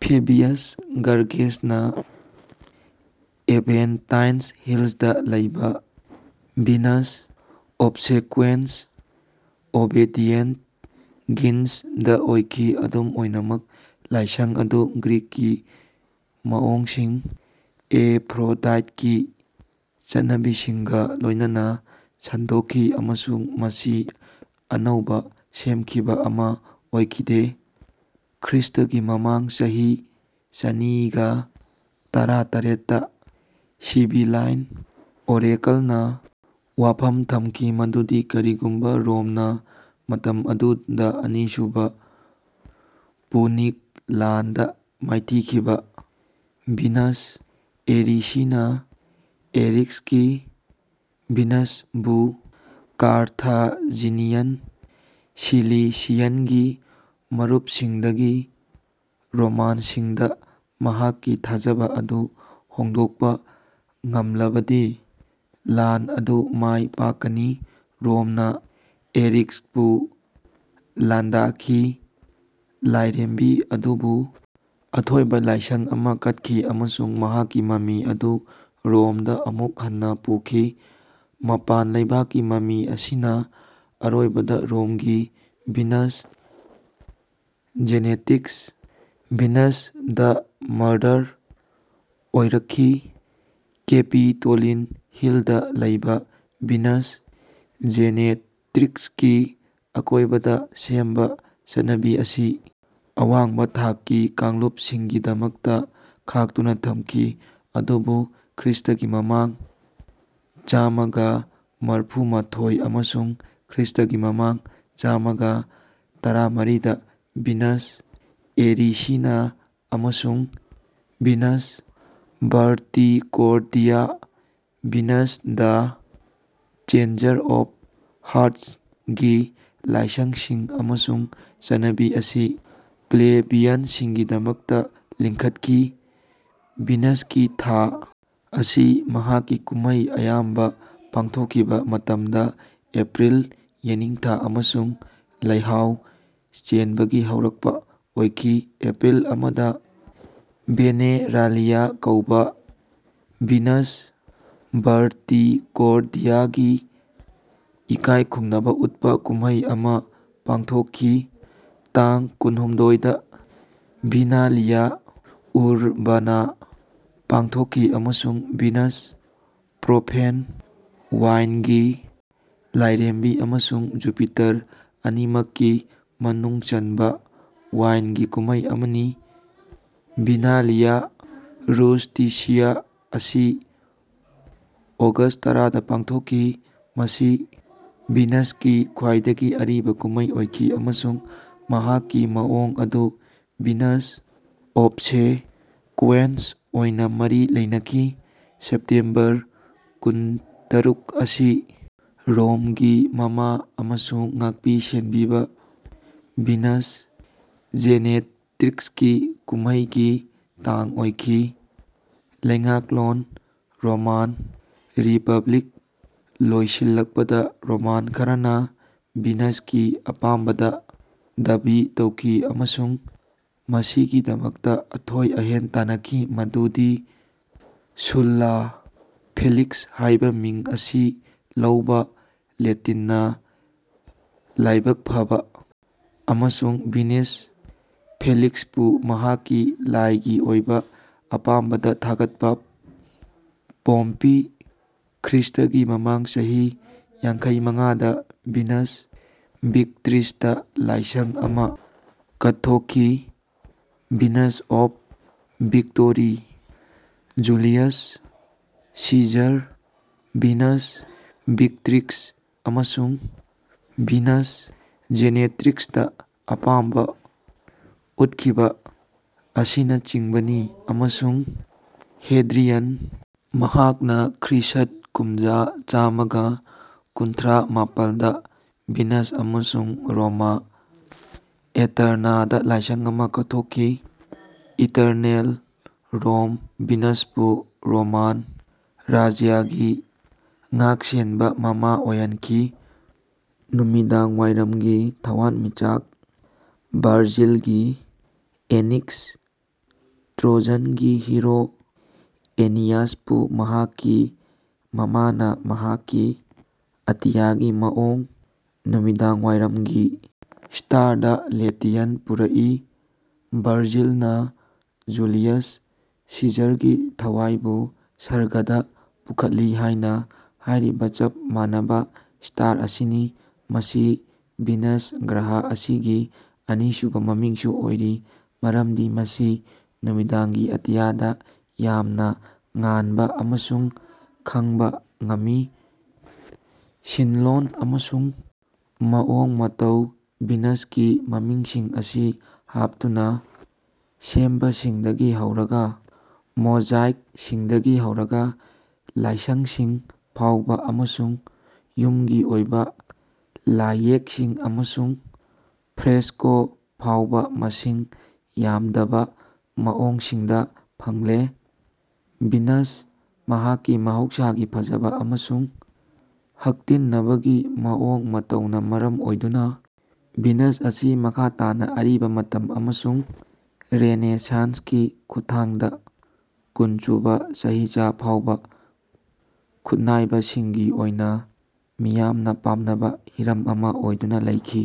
Fabius ꯒꯔꯒꯦꯁꯅ Aventine ꯍꯤꯜꯗ ꯂꯩꯕ Venus ꯑꯣꯕꯁꯦꯀ꯭ꯋꯦꯟꯁ (obedient ꯚꯤꯅꯁ)ꯗ ꯑꯣꯏꯈꯤ꯫ ꯑꯗꯨꯝ ꯑꯣꯏꯅꯃꯛ, ꯂꯥꯏꯁꯪ ꯑꯗꯨ ꯒ꯭ꯔꯤꯛꯀꯤ ꯃꯑꯣꯡꯁꯤꯡ (ꯑꯦꯐ꯭ꯔꯣꯗꯥꯏꯠꯀꯤ ꯆꯠꯅꯕꯤꯁꯤꯡ)ꯒ ꯂꯣꯏꯅꯅ ꯁꯟꯗꯣꯛꯈꯤ ꯑꯃꯁꯨꯡ ꯃꯁꯤ ꯑꯅꯧꯕ ꯁꯦꯝꯈꯤꯕ ꯑꯃ ꯑꯣꯏꯈꯤꯗꯦ꯫ ꯈ꯭ꯔꯤꯁ꯭ꯇꯒꯤ ꯃꯃꯥꯡ ꯆꯍꯤ ꯆꯅꯤꯒꯥ ꯇꯔꯥꯇꯔꯦꯠꯇ ꯁꯤꯕꯤꯂꯥꯏꯟ ꯑꯣꯔꯦꯀꯜꯅ ꯋꯥꯐꯝ ꯊꯝꯈꯤ ꯃꯗꯨꯗꯤ ꯀꯔꯤꯒꯨꯝꯕ ꯔꯣꯝꯅ (ꯃꯇꯝ ꯑꯗꯨꯗ ꯑꯅꯤꯁꯨꯕ ꯄꯨꯅꯤꯛ ꯂꯥꯟꯗ ꯃꯥꯏꯊꯤꯈꯤꯕ) ꯚꯤꯅꯁ ꯑꯦꯔꯤꯁꯤꯅꯥ (ꯑꯦꯔꯤꯛꯁꯀꯤ ꯚꯤꯅꯁ)ꯕꯨ ꯀꯥꯔꯊꯥꯖꯤꯅꯤꯌꯟ ꯁꯤꯂꯤꯁꯤꯌꯟꯒꯤ ꯃꯔꯨꯞꯁꯤꯡꯗꯒꯤ ꯔꯣꯃꯥꯟꯁꯤꯡꯗ ꯃꯍꯥꯛꯀꯤ ꯊꯥꯖꯕ ꯑꯗꯨ ꯍꯣꯡꯗꯣꯛꯄ ꯉꯝꯂꯕꯗꯤ ꯂꯥꯟ ꯑꯗꯨ ꯃꯥꯏ ꯄꯥꯛꯀꯅꯤ꯫ ꯔꯣꯝꯅ ꯑꯦꯔꯤꯛꯁꯄꯨ ꯂꯥꯟꯗꯥꯈꯤ, ꯂꯥꯏꯔꯦꯝꯕꯤ ꯑꯗꯨꯕꯨ ꯑꯊꯣꯏꯕ ꯂꯥꯏꯁꯪ ꯑꯃ ꯀꯠꯈꯤ, ꯑꯃꯁꯨꯡ ꯃꯍꯥꯛꯀꯤ ꯃꯃꯤ ꯑꯗꯨ ꯔꯣꯝꯗ ꯑꯃꯨꯛ ꯍꯟꯅ ꯄꯨꯈꯤ꯫ ꯃꯄꯥꯟ ꯂꯩꯕꯥꯛꯀꯤ ꯃꯃꯤ ꯑꯁꯤꯅ ꯑꯔꯣꯏꯕꯗ ꯔꯣꯝꯒꯤ Venus Genetrix (Venus the mother) ꯑꯣꯏꯔꯛꯈꯤ꯫ ꯀꯦꯄꯤꯇꯣꯂꯤꯟ ꯍꯤꯜꯗ ꯂꯩꯕ ꯚꯤꯅꯁ ꯖꯦꯅꯦꯇ꯭ꯔꯤꯛꯁꯀꯤ ꯑꯀꯣꯏꯕꯗ ꯁꯦꯝꯕ ꯆꯠꯅꯕꯤ ꯑꯁꯤ ꯑꯋꯥꯡꯕ ꯊꯥꯛꯀꯤ ꯀꯥꯡꯂꯨꯞꯁꯤꯡꯒꯤꯗꯃꯛꯇ ꯈꯥꯛꯇꯨꯅ ꯊꯝꯈꯤ, ꯑꯗꯨꯕꯨ ꯈ꯭ꯔꯤꯁ꯭ꯇꯒꯤ ꯃꯃꯥꯡ ꯆꯥꯝꯃꯥꯒ ꯃꯔꯐꯨꯃꯥꯊꯣꯏ ꯑꯃꯁꯨꯡ ꯈ꯭ꯔꯤꯁ꯭ꯇꯒꯤ ꯃꯃꯥꯡ ꯆꯥꯝꯃꯥꯒ ꯇꯔꯥꯃꯔꯤꯗ ꯚꯤꯅꯁ ꯑꯦꯔꯤꯁꯤꯅꯥ ꯑꯃꯁꯨꯡ Venus Verticordia (Venus the changer of ꯍꯥꯔ꯭ꯠꯁ)ꯒꯤ ꯂꯥꯏꯁꯪꯁꯤꯡ ꯑꯃꯁꯨꯡ ꯆꯠꯅꯕꯤ ꯑꯁꯤ ꯄ꯭ꯂꯦꯕꯤꯌꯟꯁꯤꯡꯒꯤꯗꯃꯛꯇ ꯂꯤꯡꯈꯠꯈꯤ꯫ ꯚꯤꯅꯁꯀꯤ ꯊꯥ ꯑꯁꯤ ꯃꯍꯥꯛꯀꯤ ꯀꯨꯝꯍꯩ ꯑꯌꯥꯝꯕ ꯄꯥꯡꯊꯣꯛꯈꯤꯕ ꯃꯇꯝꯗ ꯑꯦꯄ꯭ꯔꯤꯜ (ꯌꯦꯅꯤꯡꯊꯥ ꯑꯃꯁꯨꯡ ꯂꯩꯍꯥꯎ ꯆꯦꯟꯕꯒꯤ ꯍꯧꯔꯛꯄ) ꯑꯣꯏꯈꯤ꯫ ꯑꯦꯄ꯭ꯔꯤꯜ ꯑꯃꯗ ꯚꯦꯅꯦꯔꯥꯂꯤꯌꯥ ꯀꯧꯕ ꯚꯤꯅꯁ ꯚꯔꯇꯤꯀꯣꯔꯗꯤꯌꯥꯒꯤ ꯏꯀꯥꯏꯈꯨꯝꯅꯕ ꯎꯠꯄ ꯀꯨꯝꯍꯩ ꯑꯃ ꯄꯥꯡꯊꯣꯛꯈꯤ꯫ ꯇꯥꯡ ꯀꯨꯟꯍꯨꯝꯗꯣꯏꯗ ꯚꯤꯅꯥꯂꯤꯌꯥ ꯎꯔꯕꯥꯅꯥ ꯄꯥꯡꯊꯣꯛꯈꯤ ꯑꯃꯁꯨꯡ ꯚꯤꯅꯁ (ꯄ꯭ꯔꯣꯐꯦꯟ ꯋꯥꯏꯟꯒꯤ ꯂꯥꯏꯔꯦꯝꯕꯤ) ꯑꯃꯁꯨꯡ ꯖꯨꯄꯤꯇꯔ ꯑꯅꯤꯃꯛꯀꯤ ꯃꯅꯨꯡ ꯆꯟꯕ ꯋꯥꯏꯟꯒꯤ ꯀꯨꯝꯍꯩ ꯑꯃꯅꯤ꯫ ꯚꯤꯅꯥꯂꯤꯌꯥ ꯔꯨꯁ꯭ꯇꯤꯁꯤꯌꯥ ꯑꯁꯤ ꯑꯣꯒꯁ꯭ꯠ ꯇꯔꯥꯗ ꯄꯥꯡꯊꯣꯛꯈꯤ꯫ ꯃꯁꯤ ꯚꯤꯅꯁꯀꯤ ꯈ꯭ꯋꯥꯏꯗꯒꯤ ꯑꯔꯤꯕ ꯀꯨꯝꯍꯩ ꯑꯣꯏꯈꯤ ꯑꯃꯁꯨꯡ ꯃꯍꯥꯛꯀꯤ ꯃꯑꯣꯡ ꯑꯗꯨ ꯚꯤꯅꯁ ꯑꯣꯕꯁꯦꯀ꯭ꯋꯦꯟꯁ ꯑꯣꯏꯅ ꯃꯔꯤ ꯂꯩꯅꯈꯤ꯫ ꯁꯦꯞꯇꯦꯝꯕꯔ ꯀꯨꯟꯇꯔꯨꯛ ꯑꯁꯤ ꯔꯣꯝꯒꯤ ꯃꯃꯥ ꯑꯃꯁꯨꯡ ꯉꯥꯛꯄꯤ-ꯁꯦꯟꯕꯤꯕ ꯚꯤꯅꯁ ꯖꯦꯅꯦꯇ꯭ꯔꯤꯛꯁꯀꯤ ꯀꯨꯝꯍꯩꯒꯤ ꯇꯥꯡ ꯑꯣꯏꯈꯤ꯫ ꯂꯩꯉꯥꯛꯂꯣꯟ ꯔꯣꯃꯥꯟ ꯔꯤꯄꯕ꯭ꯂꯤꯛ ꯂꯣꯏꯁꯤꯜꯂꯛꯄꯗ, ꯔꯣꯃꯥꯟ ꯈꯔꯅ ꯚꯤꯅꯁꯀꯤ ꯑꯄꯥꯝꯕꯗ ꯗꯥꯕꯤ ꯇꯧꯈꯤ ꯑꯃꯁꯨꯡ ꯃꯁꯤꯒꯤꯗꯃꯛꯇ ꯑꯊꯣꯏ-ꯑꯍꯦꯟ ꯇꯥꯟꯅꯈꯤ, ꯃꯗꯨꯗꯤ ꯁꯨꯜꯂꯥ (ꯐꯦꯂꯤꯛꯁ ꯍꯥꯏꯕ ꯃꯤꯡ ꯑꯁꯤ ꯂꯧꯕ, ꯂꯦꯇꯤꯟꯅ ꯂꯥꯏꯕꯛ ꯐꯕ, ꯑꯃꯁꯨꯡ ꯚꯤꯅꯁ ꯐꯦꯂꯤꯛꯁꯄꯨ ꯃꯍꯥꯛꯀꯤ ꯂꯥꯏꯒꯤ ꯑꯣꯏꯕ ꯑꯄꯥꯝꯕꯗ ꯊꯥꯒꯠꯄ), ꯄꯣꯝꯄꯤ (ꯈ꯭ꯔꯤꯁꯇꯒꯤ ꯃꯃꯥꯡ ꯆꯍꯤ ꯌꯥꯡꯈꯩꯃꯉꯥꯗ ꯚꯤꯅꯁ ꯚꯤꯛꯇ꯭ꯔꯤꯛꯁꯇ ꯂꯥꯏꯁꯪ ꯑꯃ ꯀꯠꯊꯣꯛꯈꯤꯕ- Venus of victory), Julius Caesar (Venus Victrix ꯑꯃꯁꯨꯡ ꯚꯤꯅꯁ ꯖꯦꯅꯦꯇ꯭ꯔꯤꯛꯁꯇ ꯑꯄꯥꯝꯕ ꯎꯠꯈꯤꯕ), ꯑꯁꯤꯅꯆꯤꯡꯕꯅꯤ꯫ ꯑꯃꯁꯨꯡ ꯍꯦꯗ꯭ꯔꯤꯌꯟ (ꯃꯍꯥꯛꯅ ꯈ꯭ꯔꯤꯁ꯭ꯠ ꯀꯨꯃꯖꯥ ꯆꯥꯝꯃꯥꯒ ꯀꯨꯟꯊ꯭ꯔꯥꯃꯥꯄꯜꯗ ꯚꯤꯅꯁ ꯑꯃꯁꯨꯡ ꯔꯣꯃꯥ ꯑꯦꯇꯔꯅꯥꯗ ꯂꯥꯏꯁꯪ ꯑꯃ ꯀꯠꯊꯣꯛꯈꯤ ꯏꯇꯔꯅꯦꯜ ꯔꯣꯝ ꯚꯤꯅꯁꯄꯨ ꯔꯣꯃꯥꯟ ꯔꯥꯖ꯭ꯌꯒꯤ ꯉꯥꯛꯁꯦꯟꯕ ꯃꯃꯥ ꯑꯣꯏꯍꯟꯈꯤ꯫ ꯅꯨꯃꯤꯗꯥꯡꯋꯥꯏꯔꯝꯒꯤ ꯊꯋꯥꯟꯃꯤꯆꯥꯛ ꯚꯔꯖꯤꯜꯒꯤ ꯑꯦꯅꯤꯠꯇ, ꯇ꯭ꯔꯣꯖꯟꯒꯤ ꯍꯤꯔꯣ ꯑꯦꯅꯤꯌꯥꯁꯄꯨ ꯃꯍꯥꯛꯀꯤ ꯃꯃꯥꯅ ꯃꯍꯥꯛꯀꯤ ꯑꯇꯤꯌꯥꯒꯤ ꯃꯑꯣꯡ: ꯅꯨꯃꯤꯗꯥꯡꯋꯥꯏꯔꯝꯒꯤ ꯁ꯭ꯇꯥꯔꯗ ꯂꯦꯇꯤꯌꯝꯗ ꯄꯨꯔꯛꯏ꯫ ꯚꯔꯖꯤꯜꯅ ꯖꯨꯂꯤꯌꯁ ꯁꯤꯖꯔꯒꯤ ꯊꯋꯥꯏꯕꯨ ꯁꯔꯒꯗꯥ ꯄꯨꯈꯠꯂꯤ ꯍꯥꯏꯅ ꯍꯥꯏꯔꯤꯕ ꯆꯞ ꯃꯥꯟꯅꯕ ꯁ꯭ꯇꯥꯔ ꯑꯁꯤꯅꯤ꯫ ꯃꯁꯤ ꯚꯤꯅꯁ ꯒ꯭ꯔꯍ ꯑꯁꯤꯒꯤ ꯑꯅꯤꯁꯨꯕ ꯃꯃꯤꯡꯁꯨ ꯑꯣꯏꯔꯤ ꯃꯔꯝꯗꯤ ꯃꯁꯤ ꯅꯨꯃꯤꯗꯥꯡꯒꯤ ꯑꯇꯤꯌꯥꯗ ꯌꯥꯝꯅ ꯉꯥꯟꯕ ꯑꯃꯁꯨꯡ ꯈꯪꯕ ꯉꯝꯃꯤ꯫ ꯁꯤꯟꯂꯣꯟ ꯑꯃꯁꯨꯡ ꯃꯑꯣꯡ ꯃꯇꯧ ꯚꯤꯅꯁꯀꯤ ꯃꯃꯤꯁꯤꯡ ꯑꯁꯤ ꯍꯥꯞꯇꯨꯅ ꯁꯦꯝꯕꯁꯤꯡꯗꯒꯤ ꯍꯧꯔꯒ ꯃꯣꯖꯥꯏꯛꯁꯤꯡꯗꯒꯤ ꯍꯧꯔꯒ ꯂꯥꯏꯁꯪꯁꯤꯡ ꯐꯥꯎꯕ ꯑꯃꯁꯨꯡ ꯌꯨꯝꯒꯤ ꯑꯣꯏꯕ ꯂꯥꯏꯌꯦꯛꯁꯤꯡ ꯑꯃꯁꯨꯡ ꯐ꯭ꯔꯦꯁꯀꯣ ꯐꯥꯎꯕ ꯃꯁꯤꯡ ꯌꯥꯝꯗꯕ ꯃꯑꯣꯡꯁꯤꯡꯗ ꯐꯪꯂꯦ꯫ ꯚꯤꯅꯁ, ꯃꯍꯥꯛꯀꯤ ꯃꯍꯧꯁꯥꯒꯤ ꯐꯖꯕ ꯑꯃꯁꯨꯡ ꯍꯛꯇꯤꯟꯅꯕꯒꯤ ꯃꯑꯣꯡ ꯃꯇꯧꯅ ꯃꯔꯝ ꯑꯣꯏꯗꯨꯅ ꯚꯤꯅꯁ ꯑꯁꯤ ꯃꯈꯥ ꯇꯥꯅ ꯑꯔꯤꯕ ꯃꯇꯝ ꯑꯃꯁꯨꯡ ꯔꯦꯅꯦꯁꯥꯟꯁꯀꯤ ꯈꯨꯠꯊꯥꯡꯗ ꯀꯨꯟꯁꯨꯕ ꯆꯍꯤꯆꯥ ꯐꯥꯎꯕ ꯈꯨꯠꯅꯥꯏꯕꯁꯤꯡꯒꯤ ꯑꯣꯏꯅ ꯃꯤꯌꯥꯝꯅ ꯄꯥꯝꯅꯕ ꯍꯤꯔꯝ ꯑꯃ ꯑꯣꯏꯗꯨꯅ ꯂꯩꯈꯤ꯫